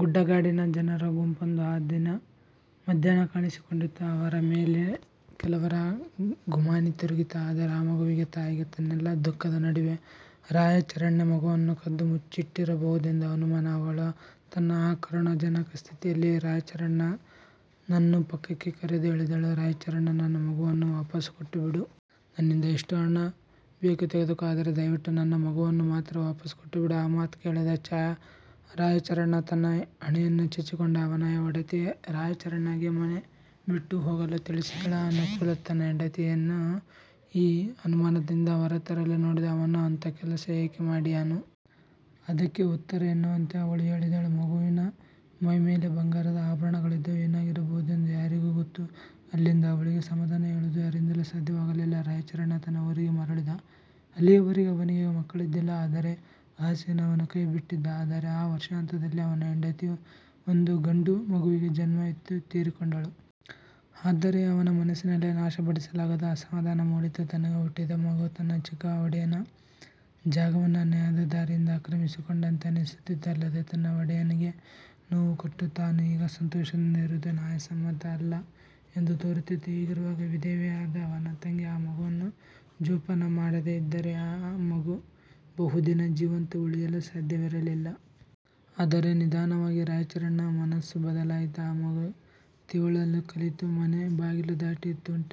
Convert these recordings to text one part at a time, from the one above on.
ಗುಡ್ಡ ಗಾಡಿನ ಜನರ ಗುಂಪೊಂದು ಆ ದಿನ ಮಧ್ಯಾಹ್ನ ಕಾಣಿಸಿಕೊಂಡಿತ್ತು. ಅವರ ಮೇಲೆ ಕೆಲವರ ಗುಮಾನಿ ತಿರುಗಿತು. ಆದರೆ ಆ ಮಗುವಿನ ತಾಯಿಗೆ ತನ್ನೆಲ್ಲ ದುಃಖದ ನಡುವೆ, ರಾಯಚರಣ್ನೇ ಮಗುವನ್ನು ಕದ್ದು ಮುಚ್ಚಿಟ್ಟಿರಬಹುದೆಂಬ ಅನುಮಾನ. ಅವಳು ತನ್ನ ಆ ಕರುಣಾಜನಕ ಸ್ಥಿತಿಯಲ್ಲಿ, ರಾಯಚರಣ್ ನನ್ನು ಪಕ್ಕಕ್ಕೆ ಕರೆದು ಹೇಳಿದಳು "ರಾಯಚರಣ್, ನನ್ನ ಮಗುವನ್ನು ವಾಪಸ್ಸು ಕೊಟ್ಟುಬಿಡು. ನನ್ನಿಂದ ಎಷ್ಟು ಹಣ ಬೇಕು ತೆಗೆದುಕೊ. ಆದರೆ ದಯವಿಟ್ಟು ನನ್ನ ಮಗುವನ್ನು ಮಾತ್ರ ವಾಪಸ್ಸು ಕೊಟ್ಟುಬಿಡು" ಆ ಮಾತು ಕೇಳಿದ ರಾಯಚರಣ್ ತನ್ನ ಹಣೆಯನ್ನು ಚಚ್ಚಿಕೊಂಡ. ಅವನ ಒಡತಿ ರಾಯಚರಣ್ ಗೆ ಮನೆ ಬಿಟ್ಟು ಹೋಗಲು ತಿಳಿಸಿದಳು. ಅನುಕೂಲ್ ತನ್ನ ಹೆಂಡತಿಯನ್ನು ಈ ಅನುಮಾನದಿಂದ ಹೊರ ತರಲು ನೋಡಿದ "ಅವನು ಅಂಥ ಕೆಲಸ ಏಕೆ ಮಾಡಿಯಾನು? " ಅದಕ್ಕೆ ಉತ್ತರ ಎನ್ನುವಂತೆ ಅವಳು ಹೇಳಿದಳು "ಮಗುವಿನ ಮೈ ಮೇಲೆ ಬಂಗಾರದ ಆಭರಣಗಳಿದ್ದವು. ಏನಾಗಿರಬಹುದೆಂದು ಯಾರಿಗ್ಗೊತ್ತು? " ಅಲ್ಲಿಂದ ಅವಳಿಗೆ ಸಮಾಧಾನ ಹೇಳುವುದು ಯಾರಿಂದಲೂ ಸಾಧ್ಯವಾಗಲಿಲ್ಲ. ರಾಯಚರಣ್ ತನ್ನ ಊರಿಗೆ ಮರಳಿದ. ಅಲ್ಲಿಯವರೆಗೆ ಅವನಿಗೆ ಮಕ್ಕಳಿದ್ದಿಲ್ಲ ಅದರ ಆಸೆಯನ್ನೂ ಅವನು ಕೈ ಬಿಟ್ಟಿದ್ದ. ಆದರೆ ಆ ವರ್ಷಾಂತ್ಯದಲ್ಲಿ, ಅವನ ಹೆಂಡತಿಯು ಒಂದು ಗಂಡು ಮಗುವಿಗೆ ಜನ್ಮವಿತ್ತು ತೀರಿಕೊಂಡಳು. ಆದರೆ ಅವನ ಮನಸ್ಸಿನಲ್ಲಿ ನಾಶ ಪಡಿಸಲಾಗದ ಅಸಮಧಾನ ಮೂಡಿತ್ತು. ತನಗೆ ಹುಟ್ಟಿದ ಮಗು, ತನ್ನ ಚಿಕ್ಕ ಒಡೆಯನ ಜಾಗವನ್ನು ಅನ್ಯಾಯದ ದಾರಿಯಿಂದ ಆಕ್ರಮಿಸಿಕೊಂಡಂತೆ ಅನಿಸುತ್ತಿತ್ತು. ಅಲ್ಲದೇ ತನ್ನ ಒಡೆಯನಿಗೆ ನೋವು ಕೊಟ್ಟ ತಾನು ಈಗ ಸಂತೋಷದಿಂದ ಇರುವುದು ನ್ಯಾಯ ಸಮ್ಮತ ಅಲ್ಲ ಎಂದು ತೋರುತ್ತಿತ್ತು. ಹೀಗಿರುವಾಗ, ವಿಧವೆಯಾದ ಅವನ ತಂಗಿ ಆ ಮಗುವನ್ನು ಜೋಪಾನ ಮಾಡದೇಇದ್ದರೆ, ಆ ಮಗು ಬಹು ದಿನ ಜೀವಂತ ಉಳಿಯಲು ಸಾಧ್ಯವಿರಲಿಲ್ಲ. ಆದರೆ ನಿಧಾನವಾಗಿ ರಾಯಚರಣ್ ನ ಮನಸ್ಸು ಬದಲಾಯಿತು. ಆ ಮಗು ತೆವಳಲು ಕಲಿತು, ಮನೆ ಬಾಗಿಲು ದಾಟಿ ತುಂಟ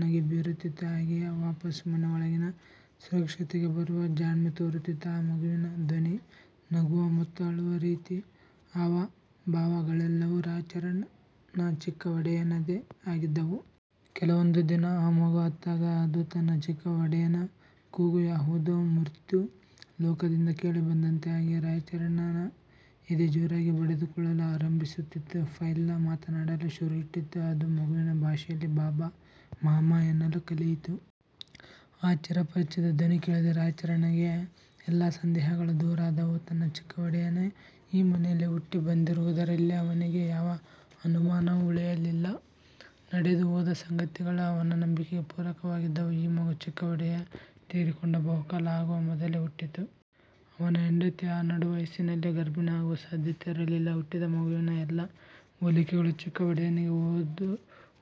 ನಗೆ ಬೀರುತ್ತಿತ್ತು. ಹಾಗೆಯೇ ವಾಪಸ್ಸು ಮನೆ ಒಳಗಿನ ಸುರಕ್ಷತೆಗೆ ಬರುವ ಜಾಣ್ಮೆತೋರುತ್ತಿತ್ತು. ಆ ಮಗುವಿನ ಧ್ವನಿ, ನಗುವ ಮತ್ತು ಅಳುವ ರೀತಿ, ಹಾವ, ಭಾವ ಗಳೆಲ್ಲವೂ ರಾಯಚರಣ್ ನ ಚಿಕ್ಕ ಒಡೆಯನದೇ ಆಗಿದ್ದವು. ಕೆಲವೊಂದು ದಿನ ಅ ಮಗು ಅತ್ತಾಗ, ಅದು ತನ್ನ ಚಿಕ್ಕ ಒಡೆಯನ ಕೂಗು ಯಾವುದೊ ಮೃತ್ಯು-ಲೋಕದಿಂದ ಕೇಳಿ ಬಂದಂತೆ ಆಗಿ, ರಾಯಚರಣ್ ನ ಎದೆ ಜೋರಾಗಿ ಬಡಿದು ಕೊಳ್ಳಲು ಆರಂಭಿಸುತ್ತಿತ್ತು. ಫೈಲ್ನ ಮಾತನಾಡಲು ಶುರು ಇಟ್ಟಿತು. ಅದು ಮಗುವಿನ ಭಾಷೆಯಲ್ಲಿ "ಬಾಬಾ", "ಮಾಮಾ" ಎನ್ನಲು ಕಲಿಯಿತು. ಆ ಚಿರ ಪರಿಚಿತ ಧ್ವನಿ ಕೇಳಿದ ರಾಯಚರಣ್ ಗೆ ಎಲ್ಲ ಸಂದೇಹಗಳು ದೂರಾದವು. ತನ್ನ ಚಿಕ್ಕ ಒಡೆಯನೇ ಈ ಮನೆಯಲ್ಲಿ ಹುಟ್ಟಿ ಬಂದಿರುವದರಲ್ಲಿ ಅವನಿಗೆ ಯಾವ ಅನುಮಾನವೂ ಉಳಿಯಲಿಲ್ಲ. ನಡೆದು ಹೋದ ಸಂಗತಿಗಳು ಅವನ ನಂಬಿಕೆಗೆ ಪೂರಕವಾಗಿದ್ದವು. ಈ ಮಗು ಚಿಕ್ಕ ಒಡೆಯ ತೀರಿಕೊಂಡ ಬಹು ಕಾಲ ಆಗುವ ಮೊದಲೇ ಹುಟ್ಟಿತ್ತು. ಅವನ ಹೆಂಡತಿ ಆ ನಡು ವಯಸ್ಸಿನಲ್ಲಿ ಗರ್ಭಿಣಿ ಆಗುವ ಸಾಧ್ಯತೆ ಇರಲಿಲ್ಲ. ಹುಟ್ಟಿದ ಮಗುವಿನ ಎಲ್ಲ ಹೋಲಿಕೆಗಳು ಚಿಕ್ಕ ಒಡೆಯನಿಗೆ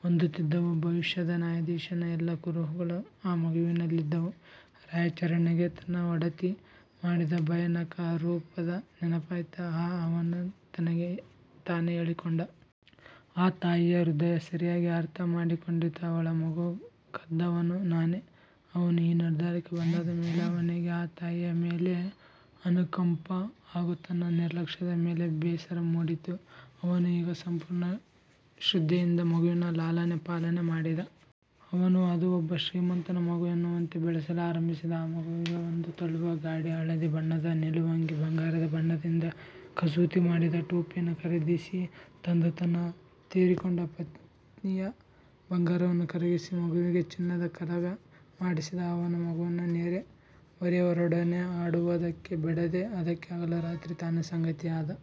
ಹೊಂದುತ್ತಿದ್ದವು. ಭವಿಷ್ಯದ ನ್ಯಾಯಾಧೀಶನ ಎಲ್ಲ ಕುರುಹುಗಳು ಆ ಮಗುವಿನಲ್ಲಿದ್ದವು. ರಾಯಚರಣ್ ಗೆ ತನ್ನ ಒಡತಿ ಮಾಡಿದ ಭಯಾನಕ ಆರೋಪದ ನೆನಪಾಯಿತು. "ಆ" ಅವನು ತನಗೆ ತಾನೇ ಹೇಳಿಕೊಂಡ. "ಆ ತಾಯಿಯ ಹೃದಯ ಸರಿಯಾಗಿ ಅರ್ಥ ಮಾಡಿ ಕೊಂಡಿತ್ತು. ಅವಳ ಮಗು ಕದ್ದವನು ನಾನೇ". ಅವನು ಈ ನಿರ್ಧಾರಕ್ಕೆ ಬಂದಾದ ಮೇಲೆ, ಅವನಿಗೆ ಆ ತಾಯಿಯ ಮೇಲೆ ಅನುಕಂಪ ಹಾಗೂ ತನ್ನ ನಿರ್ಲಕ್ಷದ ಮೇಲೆ ಬೇಸರ ಮೂಡಿತು. ಅವನು ಈಗ ಸಂಪೂರ್ಣ ಶೃದ್ಧೆಯಿಂದ ಮಗುವಿನ ಲಾಲನೆ, ಪಾಲನೆ ಮಾಡಿದ. ಅವನು ಅದು ಒಬ್ಬ ಶ್ರೀಮಂತನ ಮಗು ಎನ್ನುವಂತೆ ಬೆಳೆಸಲು ಆರಂಭಿಸಿದ. ಆ ಮಗುವಿಗೆ ಒಂದು ತಳ್ಳುವ ಗಾಡಿ, ಹಳದಿ ಬಣ್ಣದ ನಿಲುವಂಗಿ, ಬಂಗಾರದ ಬಣ್ಣದಿಂದ ಕಸೂತಿ ಮಾಡಿದ ಟೋಪಿಯನ್ನು ಖರೀದಿಸಿ ತಂದ. ತನ್ನ ತೀರಿಕೊಂಡ ಪತ್ನಿಯ ಬಂಗಾರವನ್ನು ಕರಗಿಸಿ, ಮಗುವಿಗೆ ಚಿನ್ನದ ಕಡಗ ಮಾಡಿಸಿದ. ಅವನು ಮಗುವನ್ನು ನೆರೆ, ಹೊರೆಯವರೊಡನೆ ಆಡುವದಕ್ಕೆ ಬಿಡದೇ, ಅದಕ್ಕೆ ಹಗಲು, ರಾತ್ರಿ ತಾನೇ ಸಂಗಾತಿಯಾದ.